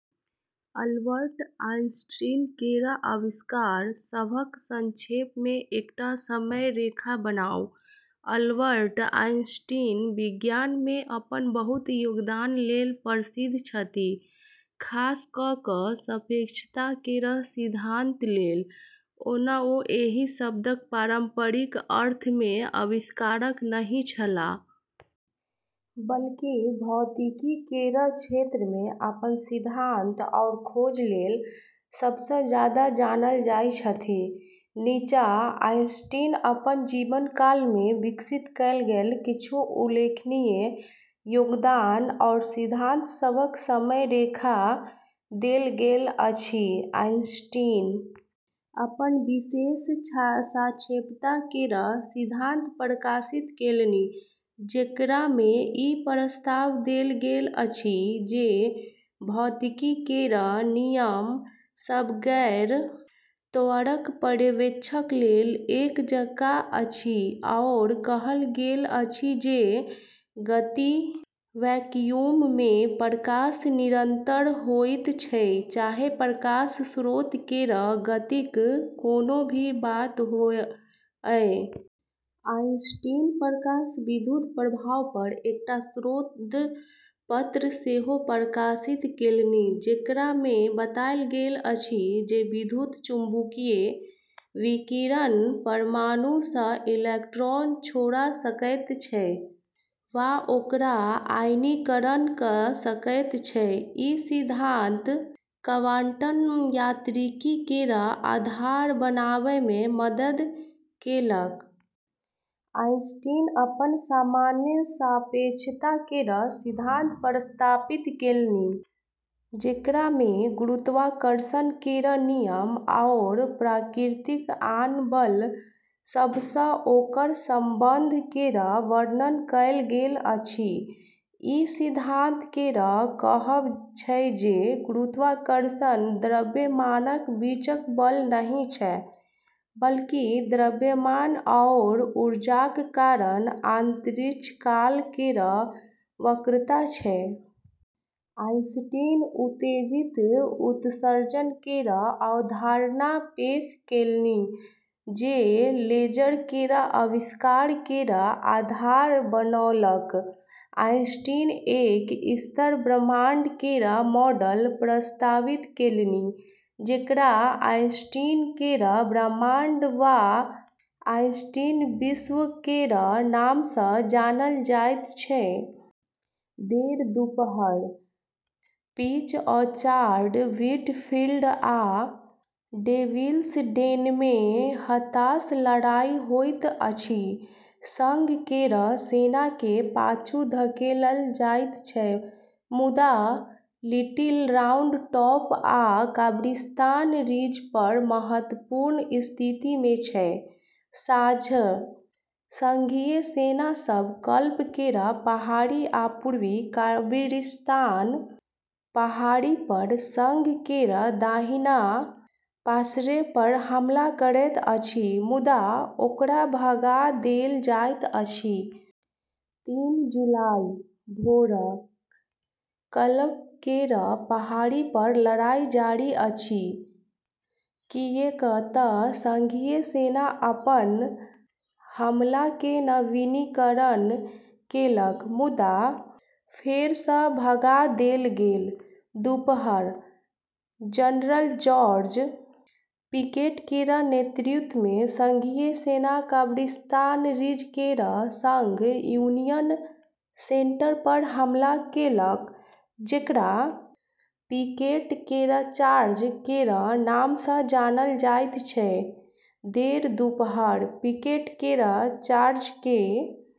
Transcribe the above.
Albert Einstein केर आविष्कार सभक संक्षेपमे एकटा समय रेखा बनाउ। अल्बर्ट आइंस्टीन विज्ञानमे अपन बहुत योगदान लेल प्रसिद्ध छथि, खास कऽ कऽ सापेक्षता केर सिद्धांत लेल। ओना ओ एहि शब्दक पारम्परिक अर्थमे आविष्कारक नहि छलाह। बल्कि भौतिकी केर क्षेत्रमे अपन सिद्धांत आओर खोज लेल सबसँ जादा जानल जाइत छथि। नीचाँ आइंस्टीन अपन जीवनकालमे विकसित कएल गेल किछु उल्लेखनीय योगदान आओर सिद्धांत सभक समय रेखा देल गेल अछि: आइंस्टीन अपन विशेष सापेक्षता केर सिद्धांत प्रकाशित केलनि, जेकरामे ई प्रस्ताव देल गेल अछि जे भौतिकी केर नियम सब गैर-त्वरक पर्यवेक्षक लेल एक जकाँ अछि आओर कहल गेल अछि जे गति वैक्यूममे प्रकाश निरंतर होइत छै, चाहे प्रकाश स्रोत केर गतिक कोनो भी बात होअए। आइंस्टीन प्रकाश विद्युत प्रभावपर एकटा शोध पत्र सेहो प्रकाशित केलनि, जेकरामे बताएल गेल अछि जे विद्युत चुम्बकीय विकिरण परमाणुसँ इलेक्ट्रॉन छोड़ा सकैत छै, वा ओकरा "आयनीकरण" कऽ सकैत छै। ई सिद्धांत क्वांटम यांत्रिकी केर आधार बनाबैमे मदद केलक। आइंस्टीन अपन सामान्य सापेक्षता केर सिद्धांत प्रस्तावित केलनि, जेकरामे गुरुत्वाकर्षण केर नियम आओर प्रकृतिक आन बल सभसँ ओकर संबंध केर वर्णन कएल गेल अछि। ई सिद्धांत केर कहब छै जे गुरुत्वाकर्षण द्रव्यमानक बीचक बल नहि छै, बल्कि द्रव्यमान आओर ऊर्जाक कारण अंतरिक्षकाल केर वक्रता छै। आइंस्टीन उत्तेजित उत्सर्जन केर अवधारणा पेश केलनि, जे लेजर केर आविष्कार केर आधार बनौलक। आइंस्टीन एक स्थिर ब्रह्मांड केर मॉडल प्रस्तावित केलनि, जेकरा आइंस्टीन केर ब्रह्मांड वा आइंस्टीन विश्व केर नामसँ जानल जाइत छै। - देर दुपहर: पीच ऑर्चार्ड, व्हीटफील्ड, आ डेविल्स डेनमे हताश लड़ाई होइत अछि। संघ केर सेनाकेँ पाछू धकेलल जाइत छै मुदा लिटिल राउंड टॉप आ कब्रिस्तान रिजपर महत्वपूर्ण स्थितिमे छै। साँझ: संघीय सेना सब कल्प केर पहाड़ी आ पूर्वी कब्रिस्तान पहाड़ीपर संघ केर दाहिना पार्श्वपर हमला करैत अछि, मुदा ओकरा भगा देल जाइत अछि। तीन जुलाई, भोर: कलप केर पहाड़ीपर लड़ाई जारी अछि किऐक तऽ संघीय सेना अपन हमलाकेँ नवीनीकरण केलक, मुदा फेरसँ भगा देल गेल। दुपहर: जनरल जॉर्ज पिकेट केर नेतृत्वमे संघीय सेना कब्रिस्तान रिज केर संग यूनियन सेंटरपर हमला केलक, जेकरा पिकेट केर चार्ज केर नामसँ जानल जाइत छै। देर दुपहर: पिकेट केर चार्जकेँ।